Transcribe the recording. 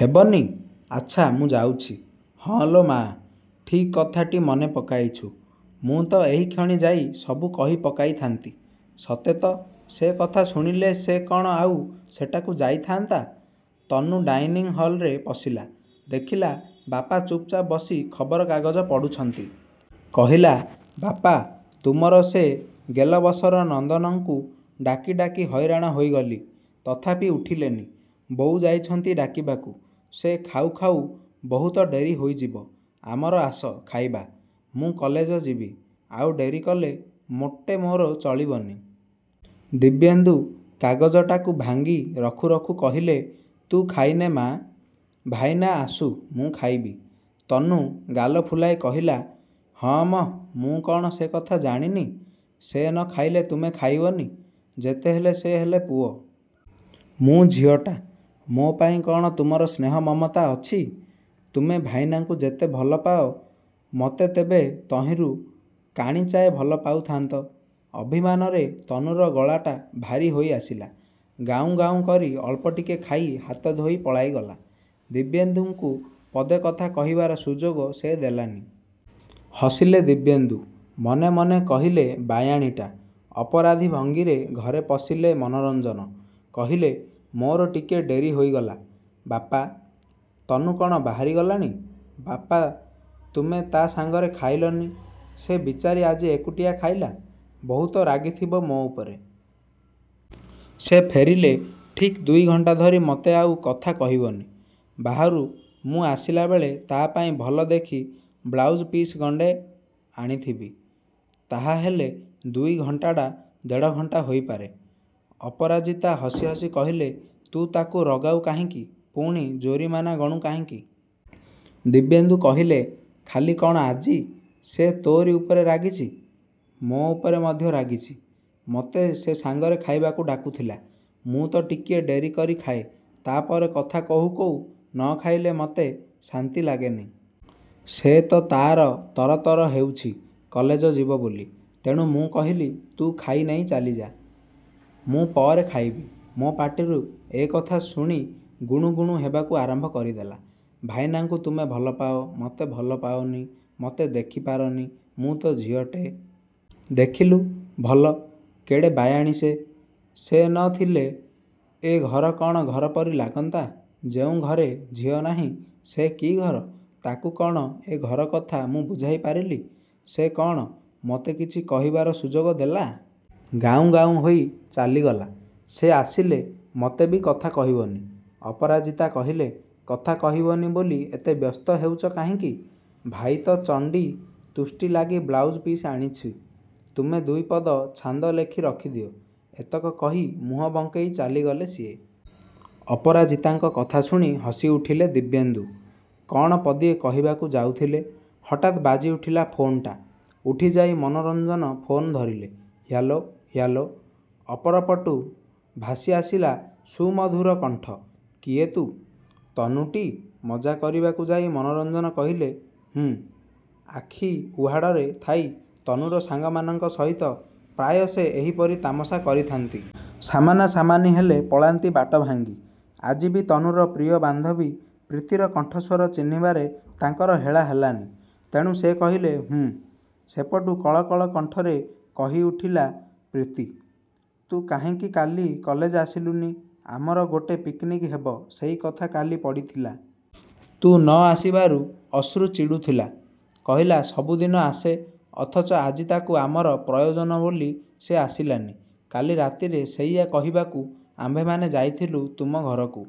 ହେବନି? ଆଚ୍ଛା, ମୁଁ ଯାଉଛି। ହଁ ଲୋ ମାଆ, ଠିକ୍ କଥାଟି ମନେ ପକାଇଛୁ। ମୁଁ ତ ଏଇକ୍ଷଣି ଯାଇ ସବୁ କହିପକାଇଥାନ୍ତି। ସତେ ତ, ସେ କଥା ଶୁଣିଲେ ସେ କ'ଣ ଆଉ ସେଠାକୁ ଯାଇଥାନ୍ତା ତନୁ ଡାଇନିଂ ହଲରେ ପଶିଲା। ଦେଖିଲା, ବାପା ଚୁପଚାପ ବସି ଖବରକାଗଜ ପଢ଼ୁଛନ୍ତି। କହିଲା, "ବାପା, ତୁମର ସେ ଗେଲବସର ନନ୍ଦନଙ୍କୁ ଡାକି ଡାକି ହଇରାଣ ହୋଇଗଲି। ତଥାପି ଉଠିଲେନି। ବୋଉ ଯାଇଛନ୍ତି ଡାକିବାକୁ, ସେ ଖାଉ ଖାଉ ବହୁତ ଡେରି ହୋଇଯିବ। ଆମର ଆସ, ଖାଇବା, ମୁଁ କଲେଜ ଯିବି। ଆଉ ଡେରି କଲେ ମୋଟେ ମୋର ଚଳିବନି। ଦିବ୍ୟେନ୍ଦୁ କାଗଜଟାକୁ ଭାଙ୍ଗି ରଖୁ ରଖୁ କହିଲେ, "ତୁ ଖାଇନେ, ମାଆ। ଭାଇନା ଆସୁ, ମୁଁ ଖାଇବି। ତନୁ ଗାଲ ଫୁଲାଇ କହିଲା, "ହଁ ମ, ମୁଁ କ'ଣ ସେ କଥା ଜାଣିନି? ସେ ନ ଖାଇଲେ ତୁମେ ଖାଇବନି! ଯେତେହେଲେ ସେ ହେଲେ ପୁଅ। ମୁଁ ଝିଅଟା, ମୋ ପାଇଁ କ'ଣ ତୁମର ସ୍ନେହ-ମମତା ଅଛି? ତୁମେ ଭାଇନାଙ୍କୁ ଯେତେ ଭଲପାଅ, ମୋତେ ଯେବେ ତହିଁରୁ କାଣିଚାଏ ଭଲପାଉଥାନ୍ତ! ଅଭିମାନରେ ତନୁର ଗଳାଟା ଭାରି ହୋଇଆସିଲା। ଗାଉଁ ଗାଉଁ କରି ଅଳ୍ପଟିକେ ଖାଇ, ହାତ ଧୋଇ ପଳାଇଗଲା। ଦିବ୍ୟେନ୍ଦୁଙ୍କୁ ପଦେ କଥା କହିବାର ସୁଯୋଗ ସେ ଦେଲାନି। ହସିଲେ ଦିବ୍ୟେନ୍ଦୁ। ମନେ ମନେ କହିଲେ, ବାୟାଣୀଟା। ଅପରାଧୀ ଭଙ୍ଗୀରେ ଘରେ ପଶିଲେ ମନୋରଞ୍ଜନ। କହିଲେ, "ମୋର ଟିକିଏ ଡେରି ହୋଇଗଲା, ବାପା। ତନୁ କ'ଣ ବାହାରିଗଲାଣି? ବାପା, ତୁମେ ତା' ସାଙ୍ଗରେ ଖାଇଲନି? ସେ ବିଚାରୀ ଆଜି ଏକୁଟିଆ ଖାଇଲା। ବହୁତ ରାଗିଥିବ ମୋ ଉପରେ। ସେ ଫେରିଲେ ଠିକ୍ ଦୁଇ ଘଣ୍ଟା ଧରି ମୋତେ ଆଉ କଥା କହିବନି। ବାହାରୁ ମୁଁ ଆସିଲା ବେଳେ ତା' ପାଇଁ ଭଲ ଦେଖି ବ୍ଲାଉଜ୍-ପିସ୍ ଗଣ୍ଡେ ଆଣିଥିବି। ତାହାହେଲେ ଦୁଇ ଘଣ୍ଟାଟା ଦେଢ଼ ଘଣ୍ଟା ହୋଇପାରେ। ଅପରାଜିତା ହସି ହସି କହିଲେ, ତୁ ତାକୁ ରଗାଉ କାହିଁକି, ପୁଣି ଜୋରିମାନା ଗଣୁ କାହିଁକି? ଦିବ୍ୟେନ୍ଦୁ କହିଲେ, "ଖାଲି କ'ଣ ଆଜି ସେ ତୋରି ଉପରେ ରାଗିଛି? ମୋ ଉପରେ ମଧ୍ୟ ରାଗିଛି। ମୋତେ ସେ ସାଙ୍ଗରେ ଖାଇବାକୁ ଡାକୁଥିଲା। ମୁଁ ତ ଟିକିଏ ଡେରି କରି ଖାଏ, ତା'ପରେ କଥା କହୁ କହୁ ନ ଖାଇଲେ ମୋତେ ଶାନ୍ତି ଲାଗେନି। ସେ ତ ତା'ର ତରତର ହେଉଛି କଲେଜ ଯିବ ବୋଲି। ତେଣୁ ମୁଁ କହିଲି, 'ତୁ ଖାଇନେଇ ଚାଲିଯା, ମୁଁ ପରେ ଖାଇବି।' ମୋ ପାଟିରୁ ଏ କଥା ଶୁଣି ଗୁଣୁ ଗୁଣୁ ହେବାକୁ ଆରମ୍ଭ କରିଦେଲା 'ଭାଇନାଙ୍କୁ ତୁମେ ଭଲପାଅ, ମୋତେ ଭଲପାଅନି, ମୋତେ ଦେଖିପାରନି, ମୁଁ ତ ଝିଅଟେ।' ଦେଖିଲୁ ଭଲ, କେଡ଼େ ବାୟାଣୀ ସେ! ସେ ନ ଥିଲେ ଏ ଘର କ'ଣ ଘର ପରି ଲାଗନ୍ତା! ଯେଉଁ ଘରେ ଝିଅ ନାହିଁ, ସେ କି ଘର! ତାକୁ କ'ଣ ଏ ଘର କଥା ମୁଁ ବୁଝାଇପାରିଲି? ସେ କ'ଣ ମୋତେ କିଛି କହିବାର ସୁଯୋଗ ଦେଲା? ଗାଉଁ ଗାଉଁ ହୋଇ ଚାଲିଗଲା। ସେ ଆସିଲେ ମୋତେ ବି କଥା କହିବନି। ଅପରାଜିତା କହିଲେ, "କଥା କହିବନି ବୋଲି ଏତେ ବ୍ୟସ୍ତ ହେଉଛ କାହିଁକି? ଭାଇ ତ ଚଣ୍ଡୀ ତୁଷ୍ଟି ଲାଗି ବ୍ଲାଉଜ୍-ପିସ୍ ଆଣୁଛି, ତୁମେ ଦୁଇପଦ ଛାନ୍ଦ ଲେଖି ରଖିଦିଅ।" ଏତକ କହି ମୁହଁ ବଙ୍କେଇ ଚାଲିଗଲେ ସିଏ। ଅପରାଜିତାଙ୍କ କଥା ଶୁଣି ହସିଉଠିଲେ ଦିବ୍ୟେନ୍ଦୁ। କ'ଣ ପଦିଏ କହିବାକୁ ଯାଉଥିଲେ, ହଠାତ୍ ବାଜିଉଠିଲା ଫୋନ୍‌ଟା। ଉଠିଯାଇ ମନୋରଞ୍ଜନ ଫୋନ୍ ଧରିଲେ। Hello, hello. ଅପରପଟୁ ଭାସିଆସିଲା ସୁମଧୁର କଣ୍ଠ, "କିଏ ତୁ? ତନୁଟି? ମଜା କରିବାକୁ ଯାଇ ମନୋରଞ୍ଜନ କହିଲେ, ହୁଁ। ଆଖି ଉହାଡ଼ରେ ଥାଇ ତନୁର ସାଙ୍ଗମାନଙ୍କ ସହିତ ପ୍ରାୟ ସେ ଏହିପରି ତାମସା କରିଥାନ୍ତି। ସାମନାସାମନି ହେଲେ ପଳାନ୍ତି ବାଟ ଭାଙ୍ଗି। ଆଜି ବି ତନୁର ପ୍ରିୟ ବାନ୍ଧବୀ ପ୍ରୀତିର କଣ୍ଠସ୍ୱର ଚିହ୍ନିବାରେ ତାଙ୍କର ହେଳା ହେଲାନି। ତେଣୁ ସେ କହିଲେ, ହୁଁ। ସେପଟୁ କଳକଳ କଣ୍ଠରେ କହିଉଠିଲା ପ୍ରୀତି "ତୁ କାହିଁକି କାଲି କଲେଜ ଆସିଲୁନି? ଆମର ଗୋଟେ ପିକ୍‌ନିକ୍ ହେବ, ସେଇ କଥା କାଲି ପଡ଼ିଥିଲା। ତୁ ନ ଆସିବାରୁ ଅଶ୍ରୁ ଚିଡ଼ୁଥିଲା। କହିଲା, 'ସବୁଦିନ ଆସେ, ଅଥଚ ଆଜି ତାକୁ ଆମର ପ୍ରୟୋଜନ ବୋଲି ସେ ଆସିଲାନି।' କାଲି ରାତିରେ ସେଇଆ କହିବାକୁ ଆମ୍ଭେମାନେ ଯାଇଥିଲୁ ତୁମ ଘରକୁ।